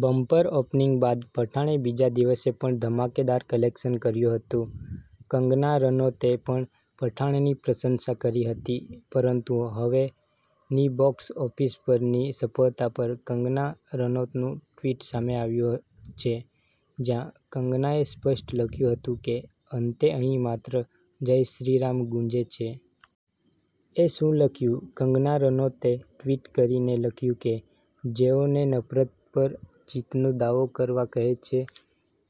Bumper opening બાદ પઠાણે બીજા દિવસે પણ ધમાકેદાર કલેક્શન કર્યું હતું. કંગના રનૌતે પણ પઠાણની પ્રશંસા કરી હતી. પરંતુ હવે ની બોક્સ ઓફિસ પરની સફળતા પર કંગના રનૌતનું ટ્વિટ સામે આવ્યું છે. જ્યાં કંગનાએ સ્પષ્ટ લખ્યું હતું કે અંતે અહીં માત્ર જય શ્રી રામ ગુંજે છે. એ શું લખ્યું? કંગના રનૌતે ટ્વીટ કરીને લખ્યું કે, જેઓ ને નફરત પર જીતનો દાવો કરવા કહે છે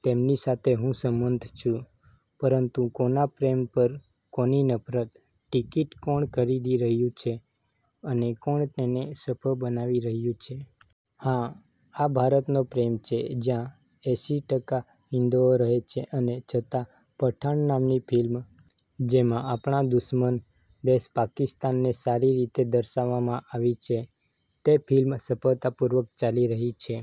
તેમની સાથે હું સંમત છું, પરંતુ કોના પ્રેમ પર કોની નફરત? ટિકિટ કોણ ખરીદી રહ્યું છે અને કોણ તેને સફળ બનાવી રહ્યું છે? હા, આ ભારતનો પ્રેમ છે, જ્યાં એસી ટકા હિંદુઓ રહે છે અને છતાં પઠાણ નામની ફિલ્મ, જેમાં આપણા દુશ્મન દેશ પાકિસ્તાન ને સારી રીતે દર્શાવવામાં આવી છે, તે ફિલ્મ સફળતાપૂર્વક ચાલી રહી છે.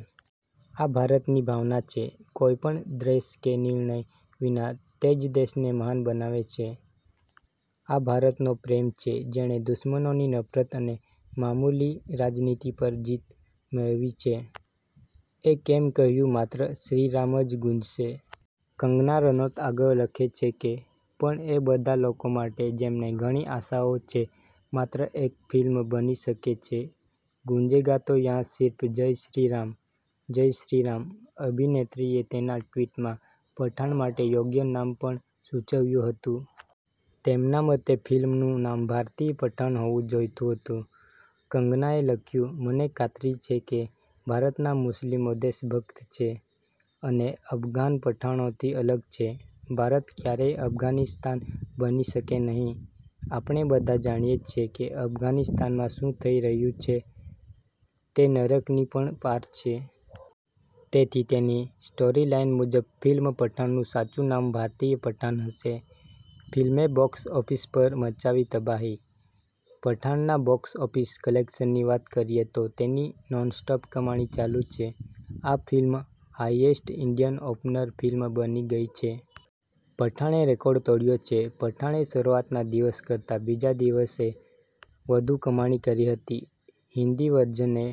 આ ભારતની ભાવના છે. કોઈપણ દ્વેષ કે નિર્ણય વિના તે જ દેશને મહાન બનાવે છે. આ ભારતનો પ્રેમ છે જેણે દુશ્મનોની નફરત અને મામૂલી રાજનીતિ પર જીત મેળવી છે. એ કેમ કહ્યું માત્ર શ્રીરામ જ ગુંજશે? કંગના રનૌત આગળ લખે છે કે પણ એ બધા લોકો માટે જેમને ઘણી આશાઓ છે માત્ર એક ફિલ્મ બની શકે છે ગુંજેગા તો યહાં સિર્ફ જય શ્રી રામ, જય શ્રી રામ. અભિનેત્રીએ તેના ટ્વીટમાં પઠાણ માટે યોગ્ય નામ પણ સૂચવ્યું હતું. તેમના મતે ફિલ્મનું નામ ભારતીય પઠાણ હોવું જોઈતું હતું. કંગનાએ લખ્યું, 'મને ખાતરી છે કે, ભારતના મુસ્લિમો દેશભક્ત છે અને અફઘાન પઠાણોથી અલગ છે. ભારત ક્યારેય અફઘાનિસ્તાન બની શકે નહીં. આપણે બધા જાણીએ છીએ કે અફઘાનિસ્તાનમાં શું થઈ રહ્યું છે, તે નરકની પણ પાર છે. તેથી તેની સ્ટોરીલાઇન મુજબ ફિલ્મ પઠાણનું સાચું નામ ભારતીય પઠાણ હશે.' ફિલ્મે બોક્સ ઓફિસ પર મચાવી તબાહી- પઠાણના બોક્સ ઓફિસ કલેક્શનની વાત કરીએ તો તેની નોનસ્ટોપ કમાણી ચાલુ છે. આ film highest Indian opener film બની ગઈ છે. પઠાણે રેકોર્ડ તોડ્યો છે. પઠાણે શરૂઆતના દિવસ કરતાં બીજા દિવસે વધુ કમાણી કરી હતી. હિન્દી વર્ઝને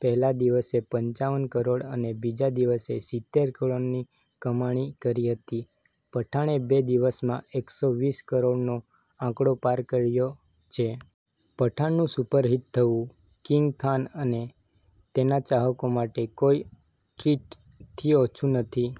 પહેલા દિવસે પંચાવન કરોડ અને બીજા દિવસે સિતેર કરોડની કમાણી કરી હતી. પઠાણે બે દિવસમાં એકસો વીસ કરોડનો આંકડો પાર કર્યો છે. પઠાણનું સુપરહિટ થવું કિંગ ખાન અને તેના ચાહકો માટે કોઈ ટ્રીટથી ઓછું નથી.